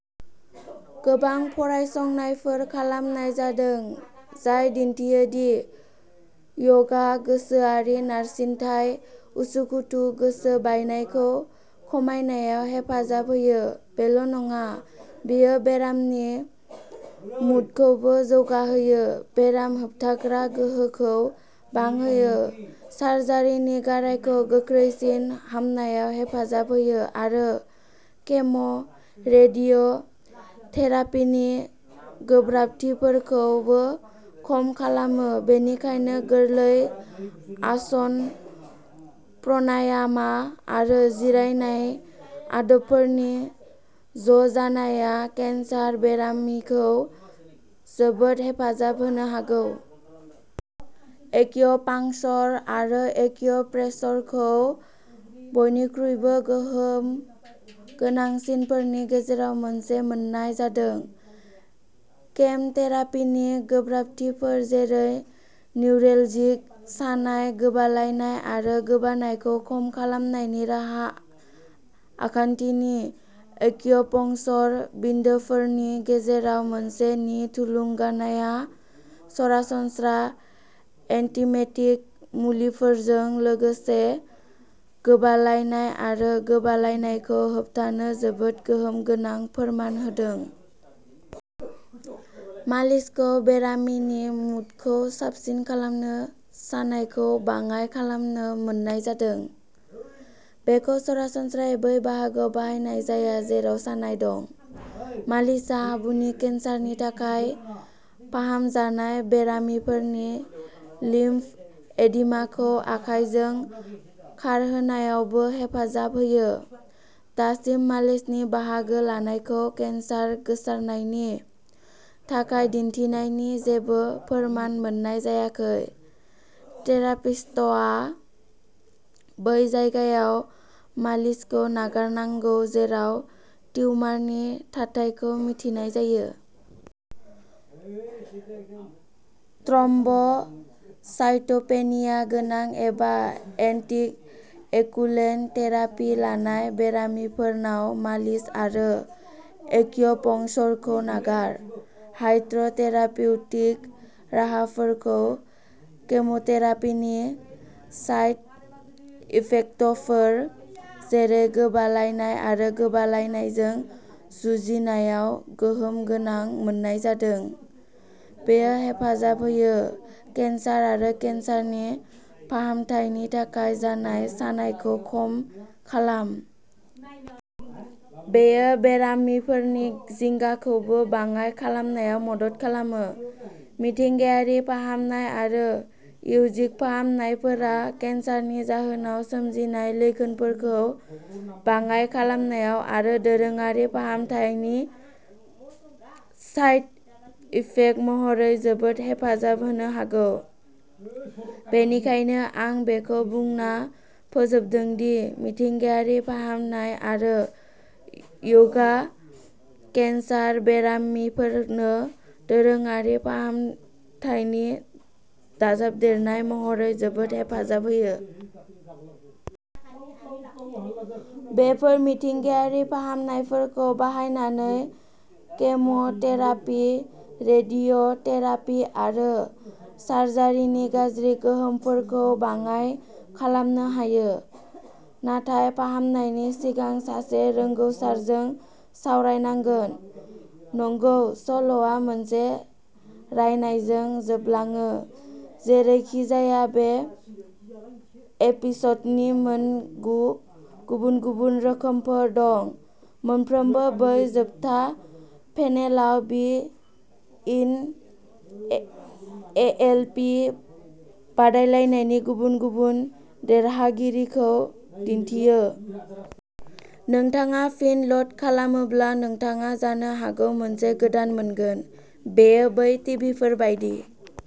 गोबां फरायसंनायफोर खालामनाय जादों जाय दिन्थियो दि य'गआ गोसोआरि नारसिनथाय उसुखुथु गोसो बायनायखौ खमायनायाव हेफाजाब होयो बेल' नङा बेयो बेरामिनि मुडखौबो जौगाहोयो बेराम होबथाग्रा गोहोखौ बांहोयो सार्जारिनि गारायखौ गोख्रैसिन हामनायाव हेफाजाब होयो आरो केम' रेडिय' थेरापिनि गोब्राबथिफोरखौबो खम खालामो बेनिखायनो गोरलै आसन प्रनायामा आरो जिरायनाय आदबफोरनि ज' जानाया केन्सार बेरामिखौ जोबोद हेफाजाब होनो हागौ। एक्युपांक्चर आरो एक्युप्रेशरखौ बयनिख्रुइबो गोहोम गोनांसिनफोरनि गेजेराव मोनसे मोननाय जादों। केम थेरापिनि गोब्राबथिफोर जेरै निउरेलजिक सानाय गोबालायनाय आरो गोबानायखौ खम खालामनायनि राहा आखान्थिनि एक्युपंक्चर बिन्दोफोरनि गेजेराव मोनसेनि थुलुंगानाया सरासनस्रा एन्टिमेटिक मुलिफोरजों लोगोसे गोबालायनाय आरो गोबालायनायखौ होबथानो जोबोद गोहोम गोनां फोरमान होदों। मालिसखौ बेरामिनि मुडखौ साबसिन खालामनो सानायखौ बाङाइ खालामनो मोननाय जादों। बेखौ सरासनस्रायै बै बाहागोआव बाहायनाय जाया जेराव सानाय दं। मालिसआ आबुनि केन्सारनि थाखाय फाहामजानाय बेरामिफोरनि लिम्फ एडिमाखौ आखाइजों खारहोनायावबो हेफाजाब होयो। दासिम मालिसनि बाहागो लानायखौ केन्सार गोसारनायनि थाखाय दिन्थिनायनि जेबो फोरमान मोननाय जायाखै थेरापिस्ट'आ बै जायगायाव मालिसखौ नागारनांगौ जेराव टिउमारनि थाथायखौ मिथिनाय जायो। थ्रम्ब साइट'पेनिया गोनां एबा एन्टिक एगुलेन्ट थेरापि लानाय बेरामिफोरनाव मालिस आरो एक्युपंक्चरखौ नागार। हायड्र' थेरापिउटिक राहाफोरखौ केम'थेरापिनि साइड इफेक्टफोर जेरै गोबालायनाय आरो गोबालायनायजों जुजिनायाव गोहोम गोनां मोननाय जादों। बेयो हेफाजाब होयो केन्सार आरो केन्सारनि फाहामथायनि थाखाय जानाय सानायखौ खम खालाम। बेयो बेरामिफोरनि जिंगाखौबो बाङाय खालामनायाव मदद खालामो। मिथिंगायारि फाहामनाय आरो य'जिक फाहामनायफोरा केन्सारनि जाहोनाव सोमजिनाय लैखोनफोरखौ बाङाइ खालामनायाव आरो दोरोङारि फाहामथायनि साइड इफेक्ट महरै जोबोद हेफाजाब होनो हागौ। बेनिखायनो आं बेखौ बुंना फोजोबदों दि मिथिंगायारि फाहामनाय आरो य'गआ केन्सार बेरामिफोरनो दोरोङारि फाहामथायनि दाजाबदेरनाय महरै जोबोद हेफाजाब होयो। बेफोर मिथिंगायारि फाहामनायफोरखौ बाहायनानै केम'थेरापि रेडिय'थेरापि आरो सार्जारिनि गाज्रि गोहोमफोरखौ बाङाइ खालामनो हायो। नाथाय फाहामनायनि सिगां सासे रोंगौसारजों सावरायनांगोन। नंगौ सल'आ मोनसे रायनायजों जोबलाङो जेरैखिजाया बे एपिस'डनि मोन गु गुबुन गुबुन रोखोमफोर दं मोनफ्रोमबो बै जोबथा पेनेलाव B N A A L P बादायलायनायनि गुबुन गुबुन देरहागिरिखौ दिन्थियो। नोंथाङा फिन ल'ड खालामोब्ला नोंथाङा जानो हागौ मोनसे गोदान मोनगोन। बेयो बै टिभिफोर बायदि।